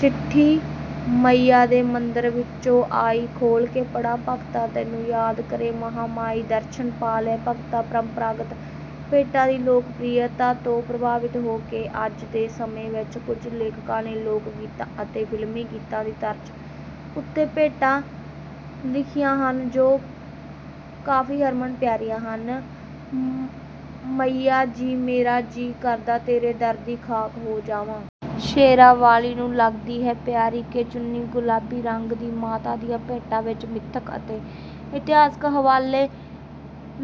ਚਿੱਠੀ ਮਈਆ ਦੇ ਮੰਦਰ ਵਿੱਚੋਂ ਆਈ, ਖੋਲ੍ਹ ਕੇ ਪੜ੍ਹਾਂ ਭਗਤਾ ਤੈਨੂੰ। ਯਾਦ ਕਰੇ ਮਹਾਂ ਮਾਈ, ਦਰਸ਼ਨ ਪਾ ਲੈ ਭਗਤਾ"।ਪਰੰਪਰਾਗਤ ਭੇਟਾਂ ਦੀ ਲੋਕਪ੍ਰਿਯਤਾ ਤੋਂ ਪ੍ਰਭਾਵਿਤ ਹੋ ਕੇ ਅੱਜ ਦੇ ਸਮੇਂ ਵਿੱਚ ਕੁਝ ਲੇਖਕਾਂ ਨੇ ਲੋਕ ਗੀਤਾਂ ਅਤੇ ਫ਼ਿਲਮੀ ਗੀਤਾਂ ਦੀ ਤਰਜ਼ ਉੱਤੇ ਭੇਟਾਂ ਲਿਖੀਆਂ ਹਨ, ਜੋ ਕਾਫ਼ੀ ਹਰਮਨ ਪਿਆਰੀਆਂ ਹਨ: "ਮਈਆ ਜੀ ਮੇਰਾ ਜੀ ਕਰਦਾ, ਤੇਰੇ ਦਰ ਦੀ ਖਾਕ ਹੋ ਜਾਵਾਂ"। "ਸ਼ੇਰਾਂ ਵਾਲ਼ੀ ਨੂੰ ਲੱਗਦੀ ਹੈ ਪਿਆਰੀ, ਕਿ ਚੁੰਨੀ ਗੁਲਾਬੀ ਰੰਗ ਦੀ"। ਮਾਤਾ ਦੀਆਂ ਭੇਟਾਂ ਵਿੱਚ ਮਿਥਕ ਅਤੇ ਇਤਿਹਾਸਕ ਹਵਾਲੇ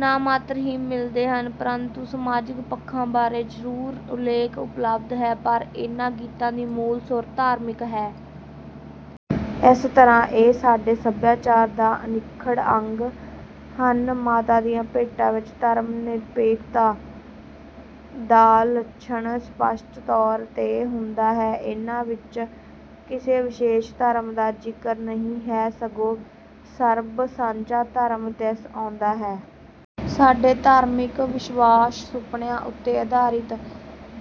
ਨਾਮਾਤਰ ਹੀ ਮਿਲਦੇ ਹਨ। ਪਰੰਤੂ ਸਮਾਜਿਕ ਪੱਖਾਂ ਬਾਰੇ ਜ਼ਰੂਰ ਉੱਲੇਖ ਉਪਲਬਧ ਹੈ। ਪਰ ਇਹਨਾਂ ਗੀਤਾਂ ਦੀ ਮੂਲ ਸੁਰ ਧਾਰਮਿਕ ਹੈ। ਇਸ ਤਰ੍ਹਾਂ ਇਹ ਸਾਡੇ ਸਭਿਆਚਾਰ ਦਾ ਅਨਿੱਖੜ ਅੰਗ ਹਨ। ਮਾਤਾ ਦੀਆਂ ਭੇਟਾਂ ਵਿੱਚ ਧਰਮ-ਨਿਰਪੇਖਤਾ ਦਾ ਲੱਛਣ ਸਪੱਸ਼ਟ ਤੌਰ 'ਤੇ ਹੁੰਦਾ ਹੈ। ਇਹਨਾਂ ਵਿੱਚ ਕਿਸੇ ਵਿਸ਼ੇਸ਼ ਧਰਮ ਦਾ ਜ਼ਿਕਰ ਨਹੀਂ ਹੈ। ਸਗੋਂ ਸਰਬ ਸਾਂਝਾ ਧਰਮ ਦਿਸ ਆਉਂਦਾ ਹੈ। ਸਾਡੇ ਧਾਰਮਿਕ ਵਿਸ਼ਵਾਸ, ਸੁਪਨਿਆਂ ਉੱਤੇ ਆਧਾਰਿਤ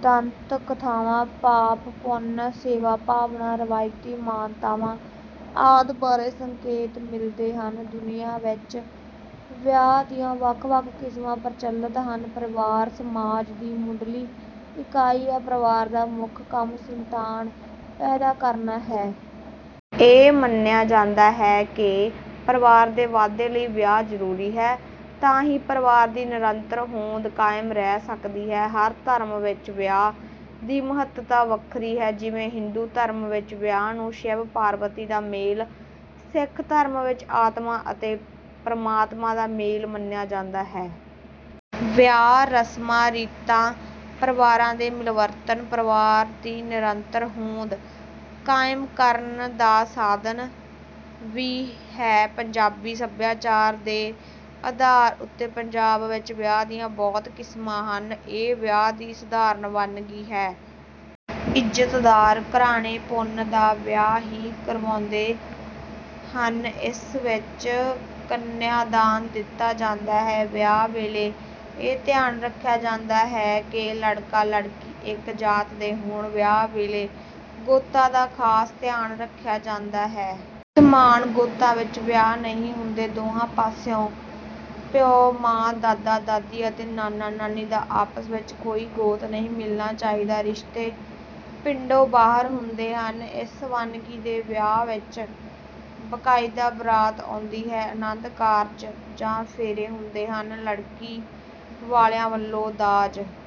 ਦੰਤ ਕਥਾਵਾਂ, ਪਾਪ-ਪੁੰਨ, ਸੇਵਾ ਭਾਵਨਾ, ਰਵਾਇਤੀ ਮਾਨਤਾਵਾਂ ਆਦਿ ਬਾਰੇ ਸੰਕੇਤ ਮਿਲਦੇ ਹਨ। ਦੁਨੀਆਂ ਵਿੱਚ ਵਿਆਹ ਦੀਆਂ ਵੱਖ-ਵੱਖ ਕਿਸਮਾਂ ਪ੍ਰਚਲਤ ਹਨ। ਪਰਿਵਾਰ ਸਮਾਜ ਦੀ ਮੁੱਢਲੀ ਇਕਾਈ ਹੈ। ਪਰਿਵਾਰ ਦਾ ਮੁੱਖ ਕੰਮ ਸੰਤਾਨ ਪੈਦਾ ਕਰਨਾ ਹੈ। ਇਹ ਮੰਨਿਆ ਜਾਂਦਾ ਹੈ ਕਿ ਪਰਿਵਾਰ ਦੇ ਵਾਧੇ ਲਈ ਵਿਆਹ ਜ਼ਰੂਰੀ ਹੈ, ਤਾਂ ਹੀ ਪਰਿਵਾਰ ਦੀ ਨਿਰੰਤਰ ਹੋਂਦ ਕਾਇਮ ਰਹਿ ਸਕਦੀ ਹੈ। ਹਰ ਧਰਮ ਵਿੱਚ ਵਿਆਹ ਦੀ ਮਹੱਤਤਾ ਵੱਖਰੀ ਹੈ। ਜਿਵੇਂ ਹਿੰਦੂ ਧਰਮ ਵਿੱਚ ਵਿਆਹ ਨੂੰ ਸ਼ਿਵ-ਪਾਰਬਤੀ ਦਾ ਮੇਲ, ਸਿੱਖ ਧਰਮ ਵਿੱਚ ਆਤਮਾ ਅਤੇ ਪਰਮਾਤਮਾ ਦਾ ਮੇਲ ਮੰਨਿਆ ਜਾਂਦਾ ਹੈ। ਵਿਆਹ ਰਸਮਾਂ-ਰੀਤਾਂ, ਪਰਿਵਾਰਾਂ ਦੇ ਮਿਲਵਰਤਨ, ਪਰਿਵਾਰ ਦੀ ਨਿਰੰਤਰ ਹੋਂਦ ਕਾਇਮ ਕਰਨ ਦਾ ਸਾਧਨ ਵੀ ਹੈ। ਪੰਜਾਬੀ ਸਭਿਆਚਾਰ ਦੇ ਆਧਾਰ ਉੱਤੇ ਪੰਜਾਬ ਵਿੱਚ ਵਿਆਹ ਦੀਆਂ ਬਹੁਤ ਕਿਸਮਾਂ ਹਨ। ਇਹ ਵਿਆਹ ਦੀ ਸਾਧਾਰਨ ਵੰਨਗੀ ਹੈ। ਇੱਜ਼ਤਦਾਰ ਘਰਾਣੇ ਪੁੰਨ ਦਾ ਵਿਆਹ ਹੀ ਕਰਵਾਉਂਦੇ ਹਨ। ਇਸ ਵਿੱਚ ਕੰਨਿਆ ਦਾਨ ਦਿੱਤਾ ਜਾਂਦਾ ਹੈ। ਵਿਆਹ ਵੇਲੇ ਇਹ ਧਿਆਨ ਰੱਖਿਆ ਜਾਂਦਾ ਹੈ ਕਿ ਲੜਕਾ-ਲੜਕੀ ਇੱਕ ਜਾਤ ਦੇ ਹੋਣ। ਵਿਆਹ ਵੇਲੇ ਗੋਤਾਂ ਦਾ ਖਾਸ ਧਿਆਨ ਰੱਖਿਆ ਜਾਂਦਾ ਹੈ। ਸਮਾਨ ਗੋਤਾਂ ਵਿੱਚ ਵਿਆਹ ਨਹੀਂ ਹੁੰਦੇ। ਦੋਹਾਂ ਪਾਸਿਓਂ ਪਿਓ, ਮਾਂ, ਦਾਦਾ, ਦਾਦੀ ਅਤੇ ਨਾਨਾ, ਨਾਨੀ ਦਾ ਆਪਸ ਵਿੱਚ ਕੋਈ ਗੋਤ ਨਹੀਂ ਮਿਲਣਾ ਚਾਹੀਦਾ। ਰਿਸ਼ਤੇ ਪਿੰਡੋਂ ਬਾਹਰ ਹੁੰਦੇ ਹਨ। ਇਸ ਵੰਨਗੀ ਦੇ ਵਿਆਹ ਵਿੱਚ ਬਕਾਇਦਾ ਬਰਾਤ ਆਉਂਦੀ ਹੈ, ਅਨੰਦ ਕਾਰਜ ਜਾਂ ਫੇਰੇ ਹੁੰਦੇ ਹਨ। ਲੜਕੀ ਵਾਲਿਆਂ ਵੱਲੋਂ ਦਾਜ